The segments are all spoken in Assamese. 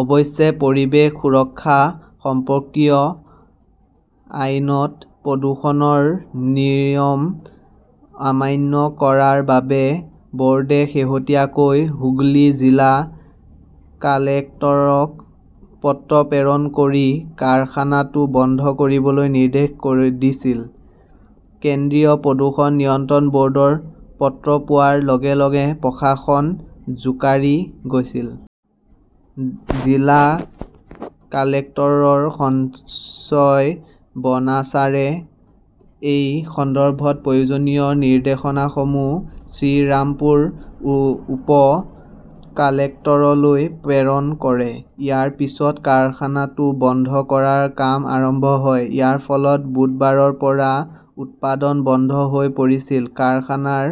অৱশেষত পৰিৱেশ সুৰক্ষা সম্পৰ্কীয় আইনত প্ৰদূষণৰ নিয়ম অমান্য কৰাৰ বাবে বৰ্ডে শেহতীয়াকৈ হুগলীৰ জিলা কালেক্টৰক পত্ৰ প্ৰেৰণ কৰি কাৰখানাটো বন্ধ কৰিবলৈ নিৰ্দেশ দিছিল। কেন্দ্ৰীয় প্ৰদূষণ নিয়ন্ত্ৰণ বৰ্ডৰ পত্ৰ পোৱাৰ লগে লগে প্ৰশাসন জোকাৰি গৈছিল। জিলা কালেক্টৰ সঞ্জয় বনছালে এই সন্দৰ্ভত প্ৰয়োজনীয় নিৰ্দেশনাসমূহ শ্ৰীৰামপুৰ উপ-কালেক্টৰলৈ প্ৰেৰণ কৰে। ইয়াৰ পিছতে কাৰখানাটো বন্ধ কৰাৰ কাম আৰম্ভ হয়। ইয়াৰ ফলত বুধবাৰৰ পৰা উৎপাদন বন্ধ হৈ পৰিছিল। কাৰখানাৰ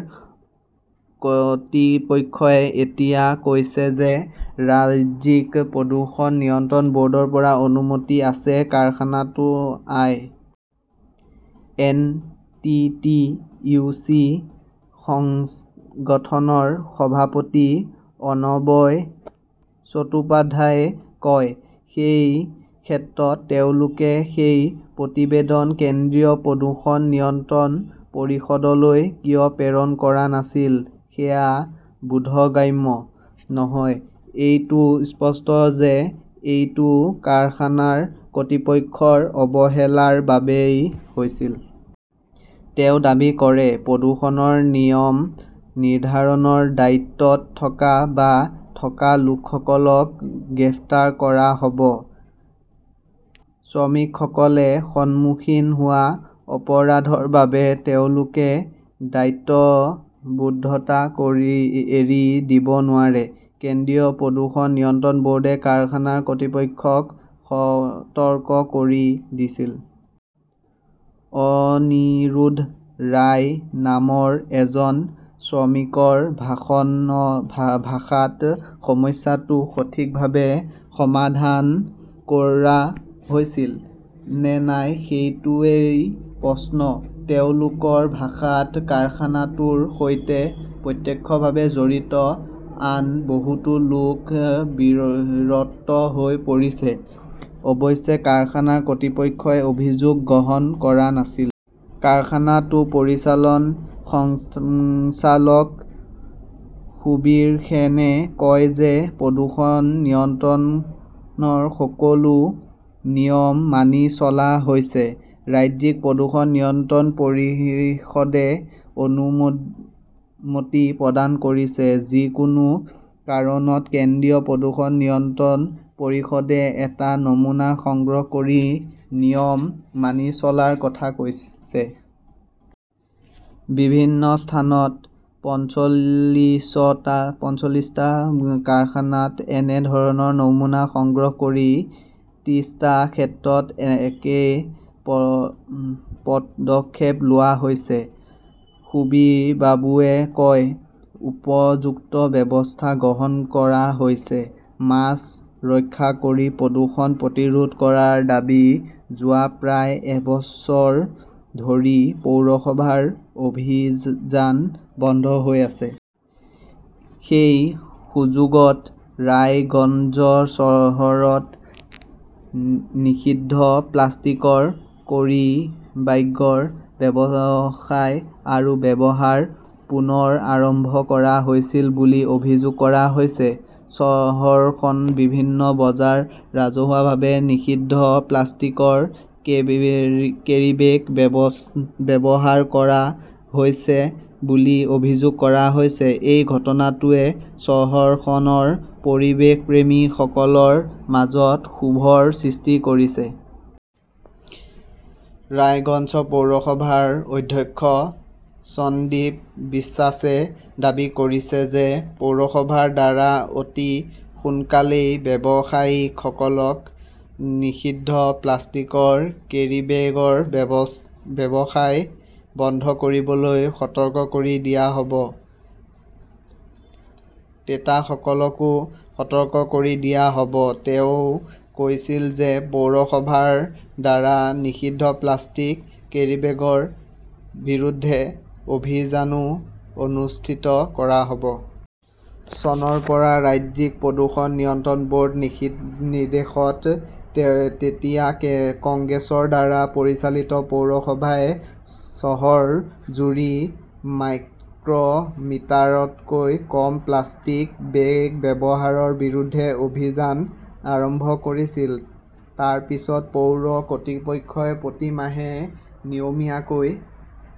কৰ্তৃপক্ষই এতিয়া কৈছে যে ৰাজ্যিক প্ৰদূষণ নিয়ন্ত্ৰণ বৰ্ডৰ পৰা অনুমতি আছে কাৰখানাটোৰ I. N. T. T. U. C. সংগঠনৰ সভাপতি অনবয় চট্টোপাধ্যায়ই কয়। সেই ক্ষেত্ৰত তেওঁলোকে সেই প্ৰতিবেদন কেন্দ্ৰীয় প্ৰদূষণ নিয়ন্ত্ৰণ পৰিষদলৈ কিয় প্ৰেৰণ কৰা নাছিল সেয়া বোধগম্য নহয়। এইটো স্পষ্ট যে এইটো কাৰখানাৰ কৰ্তৃপক্ষৰ অৱহেলাৰ বাবেই হৈছিল। তেওঁ দাবী কৰে, প্ৰদূষণৰ নিয়ম নিৰ্ধাৰণৰ দায়িত্বত থকা বা থকা লোকসকলক গ্ৰেপ্তাৰ কৰা হ'ব। শ্ৰমিকসকলে সন্মুখীন হোৱা অপৰাধৰ বাবে তেওঁলোকে দায়বদ্ধতা এৰি দিব নোৱাৰে। কেন্দ্ৰীয় প্ৰদূষণ নিয়ন্ত্ৰণ বৰ্ডে কাৰখানাৰ কৰ্তৃপক্ষক সতৰ্ক কৰি দিছিল। অনিৰোধ ৰায় নামৰ এজন শ্ৰমিকৰ ভাষাত সমস্যাটো সঠিকভাৱে সমাধান কৰা হৈছিল নে নাই সেইটোৱেই প্ৰশ্ন। তেওঁৰ ভাষাত কাৰখানাটোৰ সৈতে প্ৰত্যক্ষভাৱে জড়িত আন বহুতো লোক বিৰক্ত হৈ পৰিছে। অৱশ্যে কাৰখানাৰ কৰ্তৃপক্ষই অভিযোগ গ্ৰহণ কৰা নাছিল। কাৰখানাটোৰ পৰিচালন সঞ্চালক সুবীৰ সেনে কয় যে, প্ৰদূষণ নিয়ন্ত্ৰণৰ সকলো নিয়ম মানি চলা হৈছে। ৰাজ্যিক প্ৰদূষণ নিয়ন্ত্ৰণ পৰিষদে অনুমতি প্ৰদান কৰিছে। যিকোনো কাৰণত কেন্দ্ৰীয় প্ৰদূষণ নিয়ন্ত্ৰণ পৰিষদে এটা নমুনা সংগ্ৰহ কৰি নিয়ম মানি চলাৰ কথা কৈছে। বিভিন্ন স্থানত পঞ্চলিছটা কাৰখানাত একে ধৰণৰ নমুনা সংগ্ৰহ কৰি ত্ৰিশটা ক্ষেত্ৰত একে পদক্ষেপ লোৱা হৈছে। সুবীৰবাবুৱে কয়, উপযুক্ত ব্যৱস্থা গ্ৰহণ কৰা হৈছে। । মাছ ৰক্ষা কৰি প্ৰদূষণ প্ৰতিৰোধ কৰাৰ দাবী যোৱা প্ৰায় এবছৰ ধৰি পৌৰসভাৰ অভিযান বন্ধ হৈ আছে। সেই সুযোগত ৰায়গঞ্জ চহৰত নিষিদ্ধ প্লাষ্টিকৰ কেৰিব্যাগৰ ব্যৱসায় আৰু ব্যৱহাৰ পুনৰ আৰম্ভ কৰা হৈছিল বুলি অভিযোগ কৰা হৈছে। চহৰখনৰ বিভিন্ন বজাৰত ৰাজহুৱাভাৱে নিষিদ্ধ প্লাষ্টিকৰ কেৰীবেগ ব্যৱহাৰ কৰা হৈছে বুলি অভিযোগ কৰা হৈছে। এই ঘটনাটোৱে চহৰখনৰ পৰিৱেশপ্ৰেমী সকলৰ মাজত ক্ষোভৰ সৃষ্টি কৰিছে। ৰায়গঞ্জ পৌৰসভাৰ অধ্যক্ষ সন্দীপ বিশ্বাসে দাবী কৰিছে যে পৌৰসভাৰ দ্বাৰা অতি সোনকালেই ব্যৱসায়ীসকলক নিষিদ্ধ প্লাষ্টিকৰ কেৰিবেগৰ ব্যৱসায় বন্ধ কৰিবলৈ সতৰ্ক কৰি দিয়া হ 'ব। ক্ৰেতাসকলকো সতৰ্ক কৰি দিয়া হ'ব। তেওঁ কৈছিল যে পৌৰসভাৰ দ্বাৰা নিষিদ্ধ প্লাষ্টিক কেৰিবেগৰ বিৰুদ্ধে অভিযানও অনুষ্ঠিত কৰা হব । চনৰ পৰা ৰাজ্যিক প্ৰদূষণ নিয়ন্ত্ৰণ বৰ্ডৰ নিৰ্দেশত তেতিয়াৰ কংগ্ৰেছৰ দ্বাৰা পৰিচালিত পৌৰসভাই চহৰজুৰি মাইক্ৰ' মিটাৰতকৈ কম প্লাষ্টিকৰ কেৰিবেগ ব্যৱহাৰৰ বিৰুদ্ধে অভিযান আৰম্ভ কৰিছিল। তাৰ পিছত পৌৰ কৰ্তৃপক্ষই প্ৰতি মাহে নিয়মীয়াকৈ